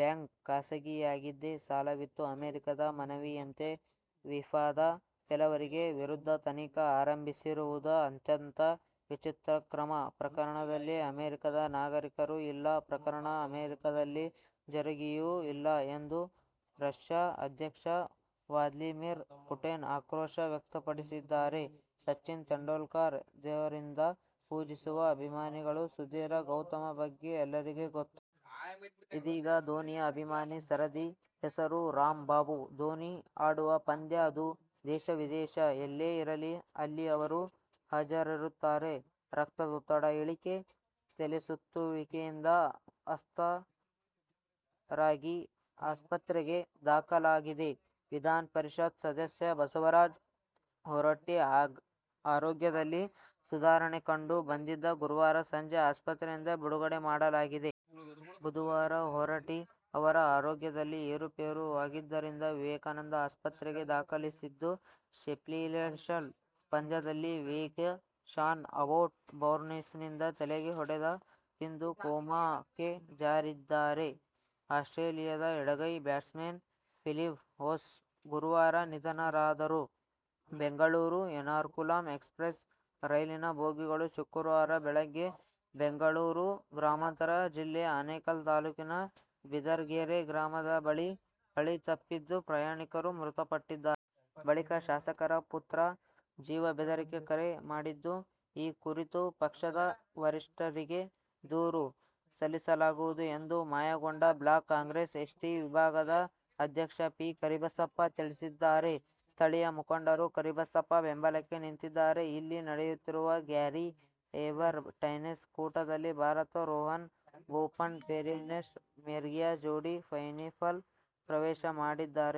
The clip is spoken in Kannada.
ಬ್ಯಾಂಕ್, ಖಾಸಗಿಯಾಗಿ ಸಾಲವಿತ್ತು. ಅಮೆರಿಕದ ಮನವಿಯಂತೆ ಫಿಫಾದ ಕೆಲವರ ವಿರುದ್ಧ ತನಿಖೆ ಆರಂಭಿಸಿರುವುದು ಅತ್ಯಂತ ವಿಚಿತ್ರ ಕ್ರಮ. ಪ್ರಕರಣದಲ್ಲಿ ಅಮೆರಿಕದ ನಾಗರಿಕರೂ ಇಲ್ಲ, ಪ್ರಕರಣ ಅಮೆರಿಕದಲ್ಲಿ ಜರಗಿಯೂ ಇಲ್ಲ ಎಂದು ರಶ್ಯಾ ಅಧ್ಯಕ್ಷ ವ್ಲಾದಿಮಿರ್ ಪುಟಿನ್ ಆಕ್ರೋಶ ವ್ಯಕ್ತಪಡಿಸಿದ್ದಾರೆ. ಸಚಿನ್ ತೆಂಡುಲ್ಕರ್ ದೇವರೆಂದು ಪೂಜಿಸುವ ಅಭಿಮಾನಿ ಸುಧೀರ್ ಗೌತಮ್ ಬಗ್ಗೆ ಎಲ್ಲರಿಗೂ ಗೊತ್ತು. ಇದೀಗ ಧೋನಿಯ ಅಭಿಮಾನಿ ಸರದಿ. ಹೆಸರು ರಾಮ್ ಬಾಬು. ಧೋನಿ ಆಡುವ ಪಂದ್ಯ ಅದು ದೇಶ-ವಿದೇಶ ಎಲ್ಲೇ ಇರಲಿ. ಅಲ್ಲಿ ಅವರು ಹಾಜರಿರುತ್ತಾರೆ. ರಕ್ತದೊತ್ತಡ ಇಳಿಕೆ, ತಲೆಸುತ್ತುವಿಕೆಯಿಂದ ಅಸ್ವಸ್ಥರಾಗಿ ಆಸ್ಪತ್ರೆಗೆ ದಾಖಲಾಗಿದ್ದ ವಿಧಾನ ಪರಿಷತ್ ಸದಸ್ಯ ಬಸವರಾಜ ಹೊರಟ್ಟಿ ಆರೋಗ್ಯದಲ್ಲಿ ಸುಧಾರಣೆ ಕಂಡು ಬಂದಿದ್ದು, ಗುರುವಾರ ಸಂಜೆ ಆಸ್ಪತ್ರೆಯಿಂದ ಬಿಡುಗಡೆ ಮಾಡಲಾಗಿದೆ. ಬುಧವಾರ ಹೊರಟ್ಟಿ ಅವರ ಆರೋಗ್ಯದಲ್ಲಿ ಏರುಪೇರು ಆಗಿದ್ದರಿಂದ ವಿವೇಕಾನಂದ ಆಸ್ಪತ್ರೆಗೆ ದಾಖಲಿಸಲಾಗಿತ್ತು. ಶೆಫೀಲ್ಡ್ಶೀಲ್ಡ್ ಪಂದ್ಯದಲ್ಲಿ ವೇಗಿ ಶಾನ್ ಅಬೋಟ್ ಬೌನ್ಸರ್ನಿಂದ ತಲೆಗೆ ಹೊಡೆತ ತಿಂದು ಕೋಮಾಕ್ಕೆ ಜಾರಿದ್ದ ಆಸ್ಟ್ರೇಲಿಯದ ಎಡಗೈ ಬ್ಯಾಟ್ಸ್ಮನ್ ಫಿಲಿಪ್ ಹ್ಯೂಸ್ ಗುರುವಾರ ನಿಧನರಾದರು. ಬೆಂಗಳೂರು-ಎರ್ನಾಕುಲಂ ಎಕ್ಸ್ಪ್ರಸ್ ರೈಲಿನ ಬೋಗಿಗಳು ಶುಕ್ರವಾರ ಬೆಳಗ್ಗೆ ಬೆಂಗಳೂರು ಗ್ರಾಮಾಂತರ ಜಿಲ್ಲೆ ಆನೇಕಲ್ ತಾಲೂಕಿನ ಬಿದರಗೆರೆ ಗ್ರಾಮದ ಬಳಿ ಹಳಿ ತಪ್ಪಿದ್ದು, ಪ್ರಯಾಣಿಕರು ಮೃತಪಟ್ಟಿದ್ದಾರೆ. ಬಳಿಕ ಶಾಸಕರ ಪುತ್ರ ಜೀವಬೆದರಿಕೆ ಕರೆ ಮಾಡಿದ್ದು, ಈ ಕುರಿತು ಪಕ್ಷದ ವರಿಷ್ಠರಿಗೆ ದೂರು ಸಲ್ಲಿಸಲಾಗುವುದು ಎಂದು ಮಾಯಕೊಂಡ ಬ್ಲಾಕ್ ಕಾಂಗ್ರೆಸ್ ಎಸ್ಟಿ ವಿಭಾಗದ ಅಧ್ಯಕ್ಷ ಪಿ. ಕರಿಬಸಪ್ಪ ತಿಳಿಸಿದ್ದಾರೆ. ಸ್ಥಳೀಯ ಮುಖಂಡರು ಕರಿಬಸಪ್ಪರ ಬೆಂಬಲಕ್ಕೆ ನಿಂತಿದ್ದಾರೆ. ಇಲ್ಲಿ ನಡೆಯುತ್ತಿರುವ ಗ್ಯಾರಿ ವೆಬ್ಬರ್ ಟೆನ್ನಿಸ್ ಕೂಟದಲ್ಲಿ ಭಾರತದ ರೋಹನ್ ಬೋಪಣ್ಣ ಫ್ಲೋರಿನ್ ಮೆರ್ಗಿಯಾ ಜೋಡಿ ಸೆಮಿಫೈನಲ್ ಪ್ರವೇಶ ಪಡೆದುಕೊಂಡಿದ್ದಾರೆ.